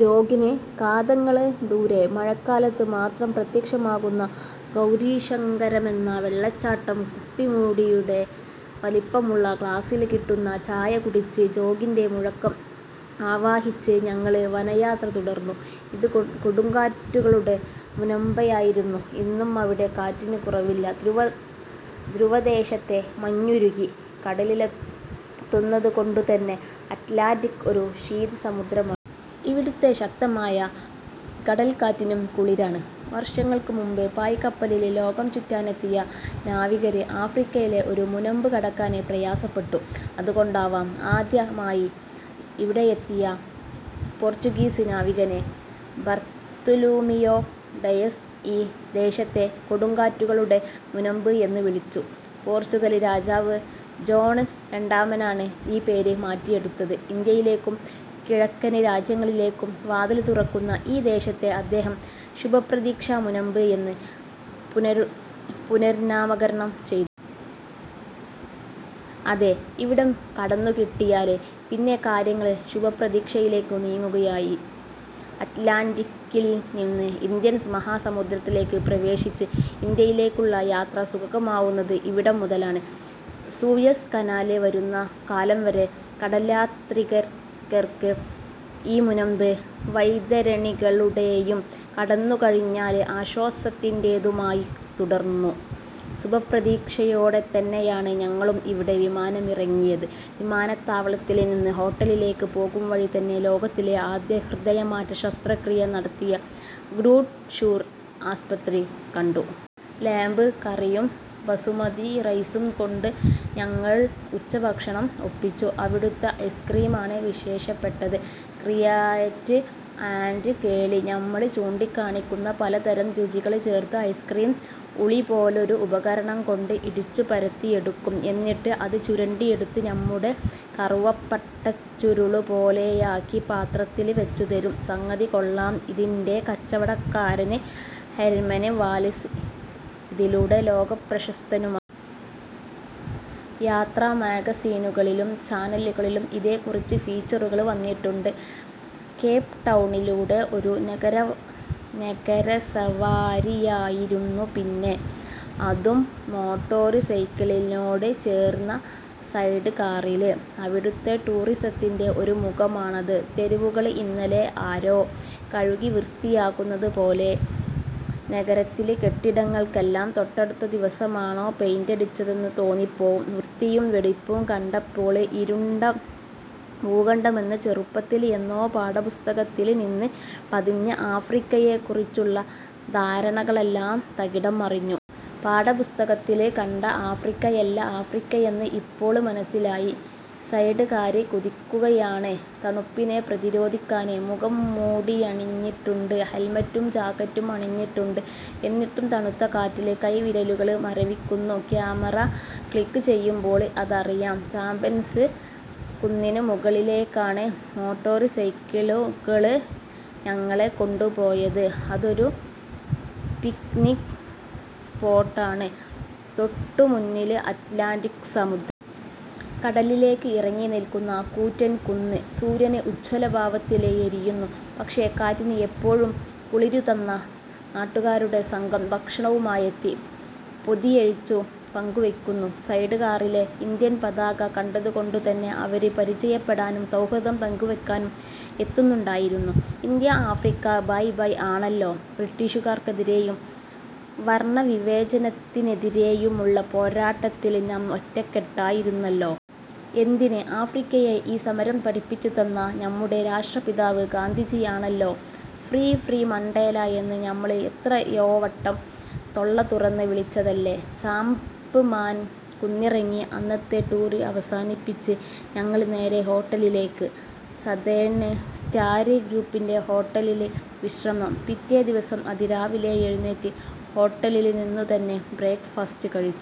ജോഗിന് കാതങ്ങള് ദൂരെ, മഴക്കാലത്ത് മാത്രം പ്രത്യക്ഷമാവുന്ന ഗൗരീശങ്കരമെന്ന വെളളച്ചാട്ടം. കുപ്പിമൂടിയുടെ വലിപ്പമുളള ഗ്ലാസ്സില് കിട്ടുന്ന ചായ കുടിച്ച് ജോഗിന്റെ മുഴക്കം ആവാഹിച്ച് ഞങ്ങള് വനയാത്ര തുടര്ന്നു. ഇത് കൊടുങ്കാറ്റുകളുടെ മുനമ്പായിരുന്നു. ഇന്നും അവിടെ കാറ്റിന് കുറവില്ല. ധ്രുവദേശത്തെ മഞ്ഞുരുകി കടലിലെത്തുന്നതുകൊണ്ടുതന്നെ അറ്റ്ലാന്റിക് ഒരു ശീത സമുദ്രമാണ്. ഇവിടുത്തെ ശക്തമായ കടല്ക്കാറ്റിനും കുളിരാണ്. വര്ഷങ്ങള്ക്കു മുമ്പ് പായ്ക്കപ്പലില് ലോകംചുറ്റാനെത്തിയ നാവികര് ആഫ്രിക്കയിലെ ഈ മുനമ്പ് കടക്കാന് പ്രയാസപ്പെട്ടു. അതുകൊണ്ടാവാം, ആദ്യമായി ഇവിടെയെത്തിയ പോര്ച്ചുഗീസ് നാവികന് ബര്ത്തുലൂമിയോ ഡയസ് ഈ ദേശത്തെ കൊടുങ്കാറ്റുകളുടെ മുനമ്പ് എന്നുവിളിച്ചു. പോര്ച്ചുഗല് രാജാവ് ജോണ് രണ്ടാമനാണ് ഈ പേര് മാറ്റിയെടുത്തത്. ഇന്ത്യയിലേക്കും കിഴക്കന് രാജ്യങ്ങളിലേക്കും വാതില് തുറക്കുന്ന ഈ ദേശത്തെ അദ്ദേഹം ശുഭപ്രതീക്ഷാ മുനമ്പ് എന്ന് പുനര്നാമകരണം ചെയ്തു. അതേ, ഇവിടം കടന്നുകിട്ടിയാല് പിന്നെ കാര്യങ്ങള് ശുഭപ്രതീക്ഷയിലേക്കു നീങ്ങുകയായി. അറ്റ്ലാന്റിക്കില്നിന്ന് ഇന്ത്യന് മഹാസമുദ്രത്തിലേക്ക് പ്രവേശിച്ച് ഇന്ത്യയിലേക്കുള്ള യാത്ര സുഗമമാവുന്നത് ഇവിടംമുതലാണ്. സൂയസ് കനാല് വരുന്നകാലംവരെ കടല്യാത്രികര്ക്ക് ഈ മുനമ്പ് വൈതരണികളുടെയും കടന്നുകഴിഞ്ഞാല് ആശ്വാസത്തിന്റേതുമായി തുടര്ന്നു. ശുഭപ്രതീക്ഷയോടെതന്നെയാണ് ഞങ്ങളും ഇവിടെ വിമാനമിറങ്ങിയത്. വിമാനത്താവളത്തില് നിന്ന് ഹോട്ടലിലേക്ക് പോകുംവഴിതന്നെ ലോകത്തിലെ ആദ്യത്തെ ഹൃദയമാറ്റ ശസ്ത്രക്രിയ നടത്തിയ ഗ്രൂട്ട് ഷൂര് ആസ്പത്രി കണ്ടു. ലാമ്പ് കറിയും ബസുമതിറൈസും കൊണ്ട് ഞങ്ങള് ഉച്ചഭക്ഷണം ഒപ്പിച്ചു. അവിടുത്തെ ഐസ്ക്രീമാണ് വിശേഷപ്പെട്ടത്. ക്രിയേറ്റ് ആന്ഡ് കേളി. നമ്മള് ചൂണ്ടിക്കാണിക്കുന്ന പലതരം രുചികള് ചേര്ത്ത് ഐസ്ക്രീം ഉളിപോലൊരു ഉപകരണം കൊണ്ട് ഇടിച്ചുപരത്തിയെടുക്കും. എന്നിട്ട് അത് ചുരണ്ടിയെടുത്ത് നമ്മുടെ കറുവപ്പട്ടച്ചുരുളുപോലെയാക്കി പാത്രത്തില് വെച്ചുതരും. സംഗതി കൊള്ളാം. ഇതിന്റെ കച്ചവടക്കാരന് ഹെര്മന് വാലിസ് ഇതിലൂടെ ലോകപ്രശസ്തനുമാണ്. യാത്ര മാഗസിനുകളിലും ചാനലുകളിലും ഇതേക്കുറിച്ച് ഫീച്ചറുകള് വന്നിട്ടുണ്ട്. കേപ്ടൗണിലൂടെ ഒരു നഗരസവാരിയായിരുന്നു പിന്നെ. അതും മോട്ടോര്സൈക്കിളിനോട് ചേര്ന്ന സൈഡ്കാറില്. അവിടുത്തെ ടൂറിസത്തിന്റെ ഒരു മുഖമാണത്. തെരുവുകള് ഇന്നലെ ആരോ കഴുകിവൃത്തിയാക്കിയതുപോലെ. നഗരത്തില് കെട്ടിടങ്ങള്ക്കെല്ലാം തൊട്ടടുത്ത ദിവസമാണോ പെയിന്റടിച്ചതെന്ന് തോന്നിപ്പോവും. വൃത്തിയും വെടിപ്പും കണ്ടപ്പോള് ഇരുണ്ട ഭൂഖണ്ഡമെന്ന് ചെറുപ്പത്തില് എന്നോ പാഠപുസ്തകത്തില്നിന്ന് പതിഞ്ഞ ആഫ്രിക്കയെക്കുറിച്ചുള്ള ധാരണകളെല്ലാം തകിടംമറിഞ്ഞു. പാഠപുസ്തകത്തില് കണ്ട ആഫ്രിക്കയല്ല ആഫ്രിക്കയെന്ന് ഇപ്പോള് മനസ്സിലായി. സൈഡ്കാര് കുതിക്കുകയാണ്. തണുപ്പിനെ പ്രതിരോധിക്കാന് മുഖംമൂടിയണിഞ്ഞിട്ടുണ്ട്. ഹെല്മെറ്റും ജാക്കറ്റും അണിഞ്ഞിട്ടുണ്ട്. എന്നിട്ടും തണുത്ത കാറ്റില് കൈവിരലുകള് മരവിക്കുന്നു. ക്യാമറ ക്ലിക്ക് ചെയ്യുമ്പോള് അതറിയാം. ചാപ്മാന്സ് കുന്നിനു മുകളിലേക്കാണ് മോട്ടോര്സൈക്കിളുകള് ഞങ്ങളെ കൊണ്ടുപോയത്. അതൊരു പിക്നിക് സ്പോട്ടാണ്. തൊട്ടുമുന്നില് അറ്റ്ലാന്റിക് സമുദ്രം. കടലിലേക്ക് ഇറങ്ങിനില്ക്കുന്ന കൂറ്റന് കുന്ന്. സൂര്യന് ഉജ്ജ്വലഭാവത്തില് എരിയുന്നു. പക്ഷേ, കാറ്റിന് അപ്പോഴും കുളിരുതന്നെ. നാട്ടുകാരുടെ സംഘം ഭക്ഷണവുമായെത്തി പൊതിയഴിച്ചു പങ്കുവെക്കുന്നു. സൈഡ് കാറിലെ ഇന്ത്യന്പതാക കണ്ടതുകൊണ്ടുതന്നെ അവര് പരിചയപ്പെടാനും സൗഹൃദം പങ്കുവെക്കാനും എത്തുന്നുണ്ടായിരുന്നു. ഇന്ത്യാ ആഫ്രിക്കാ ഭായ് ഭായ് ആണല്ലോ. ബ്രിട്ടീഷുകാര്ക്കെതിരെയും വര്ണവിവേചനത്തിനെതിരെയുമുള്ള പോരാട്ടത്തില് നാം ഒറ്റക്കെട്ടായിരുന്നല്ലോ. എന്തിന് ആഫ്രിക്കയെ ഈ സമരം പഠിപ്പിച്ചതുതന്നെ നമ്മുടെ രാഷ്ട്രപിതാവ് ഗാന്ധിജിയാണല്ലോ. ഫ്രീ ഫ്രീ മണ്ടേല എന്നു നമ്മള് എത്രയോവട്ടം തൊള്ളതുറന്ന് വിളിച്ചതല്ലേ. ചാപ്മാന് കുന്നിറങ്ങി അന്നത്തെ ടൂര് അവസാനിപ്പിച്ച് ഞങ്ങള് നേരെ ഹോട്ടലിലേക്ക്. സതേണ് സ്റ്റാര് ഗ്രൂപ്പിന്റെ ഹോട്ടലില് വിശ്രമം. പിറ്റേദിവസം അതിരാവിലെ എഴുന്നേറ്റ് ഹോട്ടലില്നിന്നുതന്നെ ബ്രേക്ക് ഫാസ്റ്റ് കഴിച്ചു.